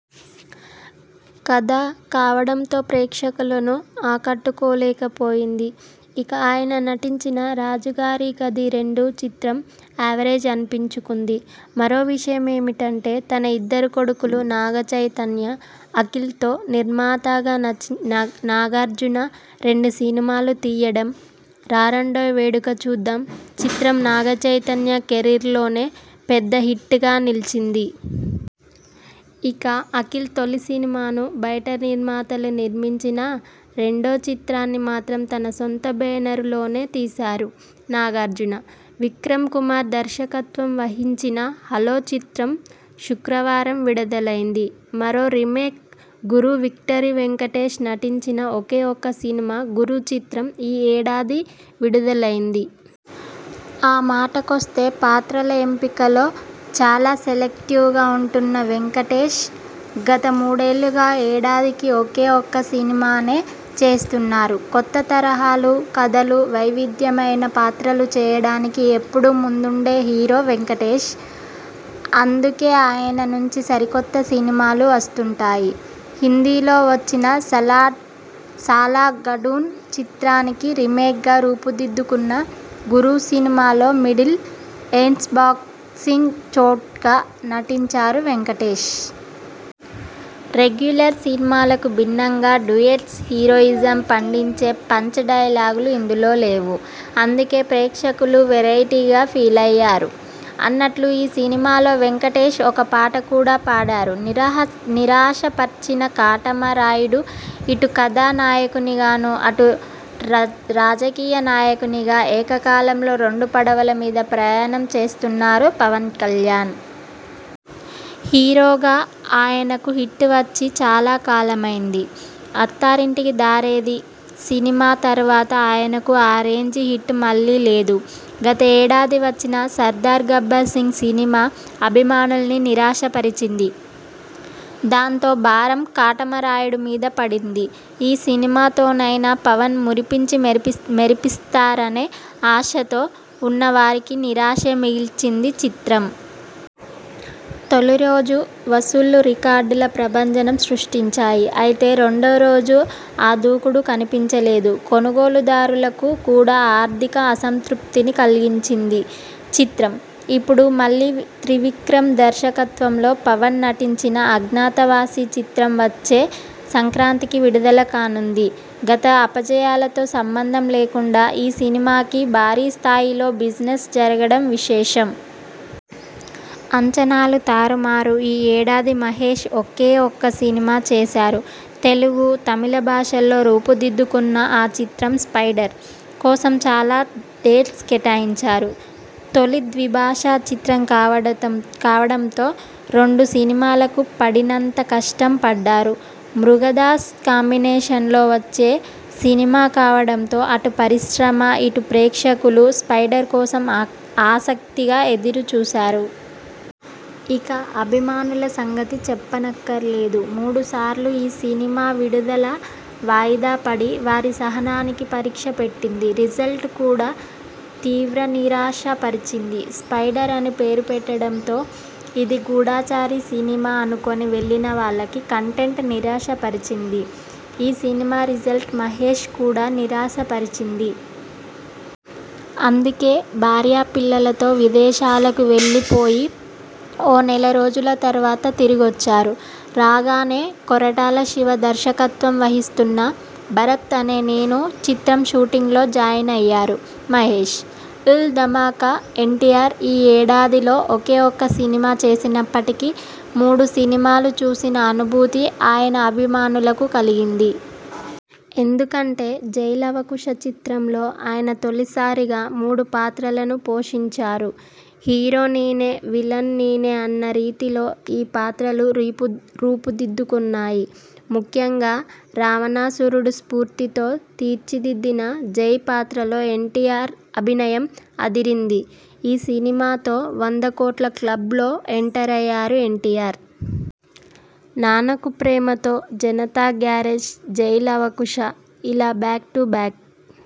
కథ కావడంతో ప్రేక్షులను ఆకట్టుకోలేకపోయింది. ఇక ఆయన నటించిన 'రాజుగారి గది రెండు' చిత్రం యావరేజ్ అనిపించుకొంది. మరో విషయమేమిటంటే తన ఇద్దరు కొడుకులు నాగచైతన్య, అఖిల్తో నిర్మాతగా నాగార్జున రెండు సినిమాలు తీయడం. 'రారండోయ్ వేడుక చూద్దాం' చిత్రం నాగచైతన్య కెరీర్లోనే పెద్ద హిట్గా నిలిచింది. ఇక అఖిల్ తొలి సినిమాను బయటి నిర్మాతలు నిర్మించినా, రెండో చిత్రాన్ని మాత్రం తన సొంత బేనరు లోనే తీశారు నాగార్జున. విక్రమ్ కుమార్ దర్శకత్వం వహించిన 'హలో' చిత్రం శుక్రవారం విడుదలైంది. మరో రీమేక్ 'గురు'విక్టరీ వెంకటేశ్ నటించిన ఒకే ఒక్క సినిమా 'గురు' చిత్రం ఈ ఏడాది విడుదలైంది. ఆ మాట కొస్తే పాత్రల ఎంపికలో చాలా సెలెక్టివ్గా ఉంటున్న వెంకటేశ్ గత మూడేళ్లుగా ఏడాదికి ఒకే ఒక్క సినిమానే చేస్తున్నారు. కొత్త తరహా కథలు, వైవిధ్యమైన పాత్రలు చేయడానికి ఎప్పుడూ ముందుండే హీరో వెంకటేశ్. అందుకే ఆయన నుంచి సరికొత్త సినిమాలు వస్తుంటాయి. హిందీలో వచ్చిన 'సాలా ఖడూస్' చిత్రానికి రీమేక్గా రూపుదిద్దుకొన్న 'గురు' సినిమాలో మిడిల్ ఏజ్డ్ బాక్సింగ్ చోడ్గ నటించారు వెంకటేశ్. రెగ్యులర్ సినిమాలకు భిన్నంగా డ్యూయెట్స్, హీరోయిజం పండించే పంచ్ డైలాగ్స్ ఇందులో లేవు. అందుకే ప్రేక్షకులు వెరైటీగా ఫీలయ్యారు. అన్నట్లు ఈ సినిమాలో వెంకటేశ్ ఒక పాట కూడా పాడారు. నిరాశపర్చిన 'కాటమరాయుడు'ఇటు కథా నాయకునిగా, అటు రాజకీయ నాయకునిగా ఏక కాలంలో రెండు పడవల మీద ప్రయాణం చేస్తున్నారు పవన్కల్యాణ్. హీరోగా ఆయనకు హిట్ వచ్చి చాలా కాలమైంది. 'అత్తారింటికి దారేది' సినిమా తర్వాత ఆయనకు ఆ రేంజ్ హిట్ మళ్లీ లేదు. గత ఏడాది వచ్చిన 'సర్దార్ గబ్బర్సింగ్' సినిమా అభిమానుల్ని నిరాశపరిచింది. దాంతో భారం 'కాటమరాయుడు' మీద పడింది. ఈ సినిమాతోనైనా పవన్ మురిపించి మెరిపిస్తారనే ఆశతో ఉన్న వారికి నిరాశే మిగిల్చిందీ చిత్రం. తొలి రోజు వసూళ్లు రికార్డుల ప్రభంజనం సృష్టించాయి. అయితే రెండో రోజు ఆ దూకుడు కనిపించలేదు. కొనుగోలుదారులకు కూడా ఆర్ఠిక అసంతృప్తిని కలిగించిందీ చిత్రం. ఇప్పుడు మళ్లీ త్రివిక్రమ్ దర్శకత్వంలో పవన్ నటించిన 'అజ్ఞాతవాసి' చిత్రం వచ్చే సంక్రాంతికి విడుదల కానుంది. గత అపజయాలతో సంబంధం లేకుండా ఈ సినిమాకి భారీ స్థాయిలో బిజినెస్ జరగడం విశేషం. అంచనాలు తారుమారు ఈ ఏడాది మహేశ్ ఒకే ఒక్క సినిమా చేశారు. తెలుగు, తమిళ భాషల్లో రూపుదిద్దుకొన్న ఆ చిత్రం 'స్పైడర్' కోసం చాలా డేట్స్ కేటాయించారు. తొలి ద్విభాషా చిత్రం కావడంతో రెండు సినిమాలకు పడినంత కష్టం పడ్డారు. మురుగదాస్ కాంబినేషన్లో వచ్చే సినిమా కావడంతో అటు పరిశ్రమ, ఇటు ప్రేక్షకులు 'స్పైడర్' కోసం ఆసక్తిగా ఎదురుచూశారు. ఇక అభిమానుల సంగతి చెప్పనక్కర్లేదు. మూడు సార్లు ఈ సినిమా విడుదల వాయిదా పడి వారి సహనానికి పరీక్ష పెట్టింది. రిజల్ట్ కూడా తీవ్రనిరాశ పరిచింది. 'స్పైడర్' అని పేరు పెట్టడంతో ఇది గూఢచారి సినిమా అనుకొని వెళ్లిన వాళ్లకి కంటెంట్ నిరాశపరిచింది. ఈ సినిమా రిజల్ట్ మహేశ్ కూడా నిరాశపరిచింది. అందుకే భార్యా పిల్లలతో విదేశాలకు వెళ్లి పోయి ఓ నెల రోజుల తర్వాత తిరిగొచ్చారు. రాగానే కొరటాల శివ దర్శకత్వం వహిస్తున్న 'భరత్ అనే నేను' చిత్రం షూటింగ్లో జాయిన్ అయ్యారు మహేశ్. ల్ ధమాకా! ఎన్టీఆర్ ఈ ఏడాదిలో ఒకే ఒక్క సినిమా చేసినప్పటికీ మూడు సినిమాలు చూసిన అనుభూతి ఆయన అభిమానులకు కలిగింది. ఎందుకంటే 'జై లవకుశ' చిత్రంలో ఆయన తొలిసారిగా మూడు పాత్రలను పోషించారు. 'హీరో నేనే విలనూ నేనే' అన్న రీతిలో ఈ పాత్రలు రూపుదిద్దుకొన్నాయి. ముఖ్యంగా రావణాసురుడి స్ఫూర్త్తితో తీర్చిదిద్దిన 'జై' పాత్రలో ఎన్టీఆర్ అభినయం అదిరింది. ఈ సినిమాతో వంద కోట్ల క్లబ్లో ఎంటర్ అయ్యారు ఎన్టీఆర్. 'నాన్నకు ప్రేమతో', 'జనతా గ్యారేజ్', 'జై లవకుశ' ఇలా బ్యాక్ టు బ్యాక్